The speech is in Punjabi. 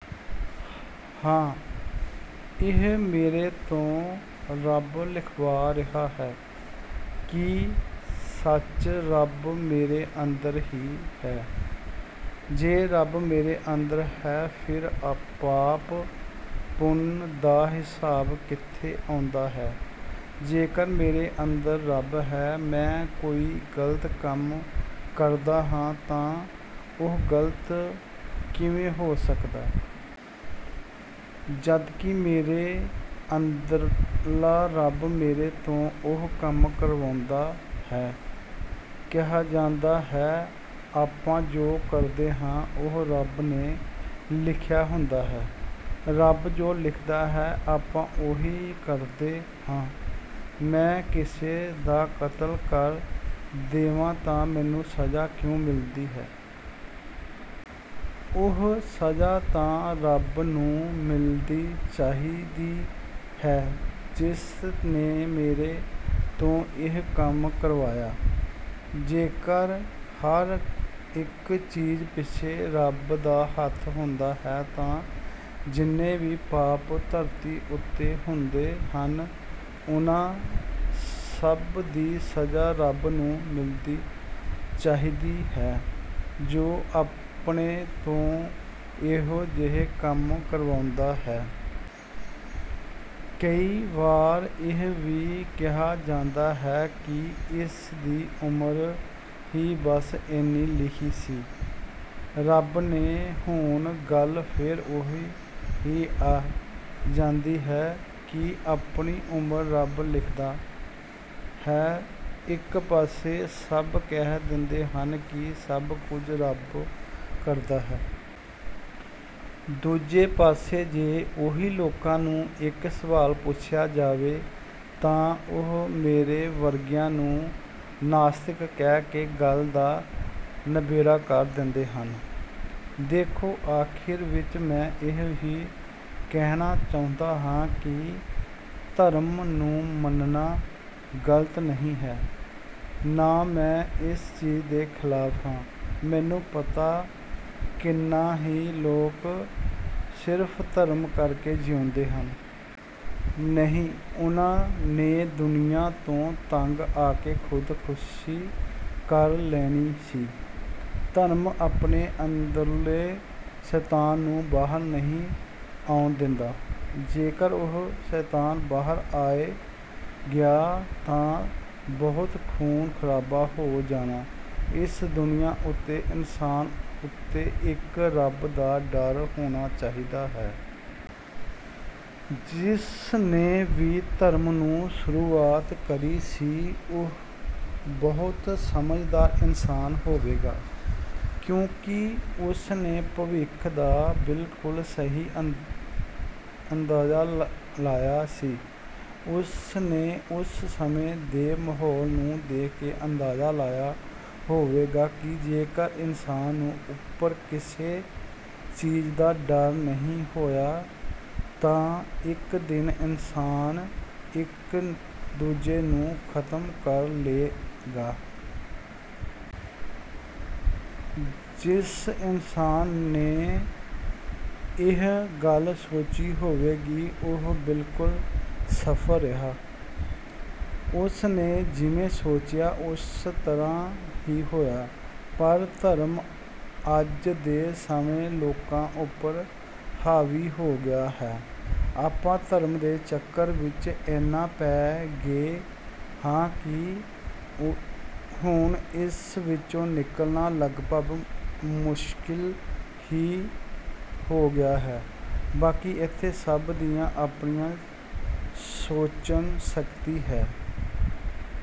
ਹਾਂ ਇਹ ਮੇਰੇ ਤੋਂ ਰੱਬ ਲਿਖਵਾ ਰਿਹਾ ਹੈ…? ਕੀ ਸੱਚੀ ਰੱਬ ਮੇਰੇ ਅੰਦਰ ਹੀ ਹੈ…? ਜੇ ਰੱਬ ਮੇਰੇ ਅੰਦਰ ਹੈ ਫਿਰ ਪਾਪ ਪੁੰਨ ਦਾ ਹਿਸਾਬ ਕਿੱਥੋਂ ਆਉਂਦਾ ਹੈ? ਜੇਕਰ ਮੇਰੇ ਅੰਦਰ ਰੱਬ ਹੈ, ਮੈਂ ਕੋਈ ਗਲਤ ਕੰਮ ਕਰਦਾਂ ਹਾਂ, ਤਾਂ ਉਹ ਗ਼ਲਤ ਕਿਵੇਂ ਹੋ ਸਕਦਾ? ਜਦਕਿ ਮੇਰੇ ਅੰਦਰਲਾ ਰੱਬ ਮੇਰੇ ਤੋਂ ਉਹ ਕੰਮ ਕਰਵਾਉਂਦਾ ਹੈ। ਕਿਹਾ ਜਾਂਦਾ ਹੈ ਆਪਾਂ ਜੋ ਕਰਦੇ ਹਾਂ ਉਹ ਰੱਬ ਨੇ ਲਿਖਿਆ ਹੁੰਦਾ ਹੈ। ਰੱਬ ਜੋ ਲਿਖਦਾ ਆਪਾਂ ਓਹੀ ਕਰਦੇ ਹਾਂ। ਮੈਂ ਕਿਸੇ ਦਾ ਕਤਲ ਕਰ ਦੇਵਾਂ ਤਾਂ ਮੈਨੂੰ ਸਜ਼ਾ ਕਿਉਂ ਮਿਲਦੀ ਹੈ। ਉਹ ਸਜ਼ਾ ਤਾਂ ਰੱਬ ਨੂੰ ਮਿਲਦੀ ਚਾਹੀਦੀ ਹੈ ਜਿਸ ਨੇ ਮੇਰੇ ਤੋਂ ਇਹ ਕੰਮ ਕਰਵਾਇਆ। ਜੇਕਰ ਹਰ ਇੱਕ ਚੀਜ਼ ਪਿੱਛੇ ਰੱਬ ਦਾ ਹੱਥ ਹੁੰਦਾ ਤਾਂ ਜਿੰਨੇ ਵੀ ਪਾਪ ਧਰਤੀ ਉੱਤੇ ਹੁੰਦੇ ਹਨ। ਉਹਨਾਂ ਸਭ ਦੀ ਸਜ਼ਾ ਰੱਬ ਨੂੰ ਮਿਲਦੀ ਚਾਹੀਦੀ ਹੈ, ਜੋ ਆਪਣੇ ਤੋਂ ਇਹੋ ਜਿਹੇ ਕੰਮ ਕਰਵਾਉਂਦਾ ਹੈ। ਕਈ ਵਾਰ ਇਹ ਵੀ ਕਿਹਾ ਜਾਂਦਾ ਹੈ ਕਿ ਇਸ ਦੀ ਉਮਰ ਹੀ ਬਸ ਏਨੀ ਲਿਖੀ ਸੀ ਰੱਬ ਨੇ, ਹੁਣ ਗੱਲ ਫੇਰ ਓਹੀ ਆ ਜਾਂਦੀ ਹੈ ਕੀ ਆਪਣੀ ਉਮਰ ਰੱਬ ਲਿਖਦਾਂ ਹੈ? ਇੱਕ ਪਾਸੇ ਸਭ ਕਹਿ ਦਿੰਦੇ ਹਨ ਕਿ ਸਭ ਕੁਝ ਰੱਬ ਕਰਦਾ ਹੈ। ਦੂਜੇ ਪਾਸੇ ਜੇ ਓਹੀ ਲੋਕਾਂ ਨੂੰ ਇੱਕ ਸਵਾਲ ਪੁੱਛਿਆ ਜਾਵੇ ਤਾਂ ਉਹ ਮੇਰੇ ਵਰਗਿਆਂ ਨੂੰ ਨਾਸਤਿਕ ਕਹਿ ਕੇ ਗੱਲ ਦਾ ਨਬੇੜਾ ਕਰ ਦਿੰਦੇ ਹਨ। ਦੇਖੋ ਆਖਿਰ ਵਿੱਚ ਮੈਂ ਇਹ ਹੀ ਕਹਿਣਾ ਚਾਹੁੰਦਾ ਹਾਂ ਕਿ ਧਰਮ ਨੂੰ ਮੰਨਣਾ ਗ਼ਲਤ ਨਹੀਂ ਹੈ, ਨਾ ਮੈਂ ਇਸ ਚੀਜ਼ ਦੇ ਖ਼ਿਲਾਫ਼ ਹਾਂ, ਮੈਨੂੰ ਪਤਾ ਕਿੰਨੇ ਹੀ ਲੋਕ ਸਿਰਫ਼ ਧਰਮ ਕਰਕੇ ਜਿਉਂਦੇ ਹਨ। ਨਹੀਂ ਉਹਨਾਂ ਨੇ ਦੁਨੀਆਂ ਤੋਂ ਤੰਗ ਆਕੇ ਖ਼ੁਦਖ਼ਸ਼ੀ ਕਰ ਲੈਣੀ ਸੀ, ਧਰਮ ਆਪਣੇ ਅੰਦਰਲੇ ਸ਼ੈਤਾਨ ਨੂੰ ਬਾਹਰ ਨਹੀਂ ਆਉਣ ਦਿੰਦਾ। ਜੇਕਰ ਉਹ ਸ਼ੈਤਾਨ ਬਾਹਰ ਆਏ ਗਿਆ ਤਾਂ ਬਹੁਤ ਖੂਨ ਖਰਾਬਾ ਹੋ ਜਾਣਾ ਇਸ ਦੁਨੀਆਂ ਉੱਤੇ, ਇਨਸਾਨ ਉੱਤੇ ਇੱਕ ਰੱਬ ਦਾ ਡਰ ਹੋਣਾ ਚਾਹੀਦਾ ਹੈ। ਜਿਸ ਨੇ ਵੀ ਧਰਮ ਨੂੰ ਸ਼ੁਰੂਆਤ ਕਰੀ ਸੀ, ਉਹ ਬਹੁਤ ਸਮਝਦਾਰ ਇਨਸਾਨ ਹੋਵੇਗਾ, ਕਿਉਂਕਿ ਉਸ ਨੇ ਭਵਿੱਖ ਦਾ ਬਿਲਕੁਲ ਸਹੀ ਅੰਦਾਜ਼ਾ ਲਾਇਆ ਸੀ। ਉਸਨੇ ਉਸ ਸਮੇਂ ਦੇ ਮਾਹੌਲ ਨੂੰ ਦੇਖ ਕੇ ਅੰਦਾਜ਼ਾ ਲਾਇਆ ਹੋਵੇਗਾ ਕੀ ਜੇਕਰ ਇਨਸਾਨ ਉਪਰ ਕਿਸੇ ਚੀਜ਼ ਦਾ ਡਰ ਨਾ ਹੋਇਆ ਤਾਂ ਇੱਕ ਦਿਨ ਇਨਸਾਨ ਇੱਕ ਦੂਜੇ ਨੂੰ ਖ਼ਤਮ ਕਰ ਲਏਗਾ। ਜਿਸ ਇਨਸਾਨ ਨੇ ਇਹ ਗੱਲ ਸੋਚੀ ਹੋਵੇਗੀ, ਉਹ ਬਿਲਕੁਲ ਸਫਲ ਰਿਹਾ। ਉਸ ਨੇ ਜਿਵੇਂ ਸੋਚਿਆ ਉਸ ਤਰ੍ਹਾ ਹੀ ਹੋਇਆ। ਪਰ ਧਰਮ ਅੱਜ ਦੇ ਸਮੇਂ ਲੋਕਾਂ ਉਪਰ ਹਾਵੀ ਹੋ ਗਿਆ ਹੈ। ਆਪਾਂ ਧਰਮ ਦੇ ਚੱਕਰ ਵਿੱਚ ਇਨ੍ਹਾਂ ਪੈ ਗਏ ਹਾਂ ਕੀ ਹੁਣ ਇਸ ਵਿੱਚੋਂ ਨਿਕਲਣਾ ਲੱਗਭਗ ਮੁਸ਼ਕਿਲ ਹੀ ਹੋ ਗਿਆ ਹੈ। ਬਾਕੀ ਏਥੇ ਸਭ ਦੀ ਆਪਣੀ ਸੋਚਣ ਸ਼ਕਤੀ ਹੈ।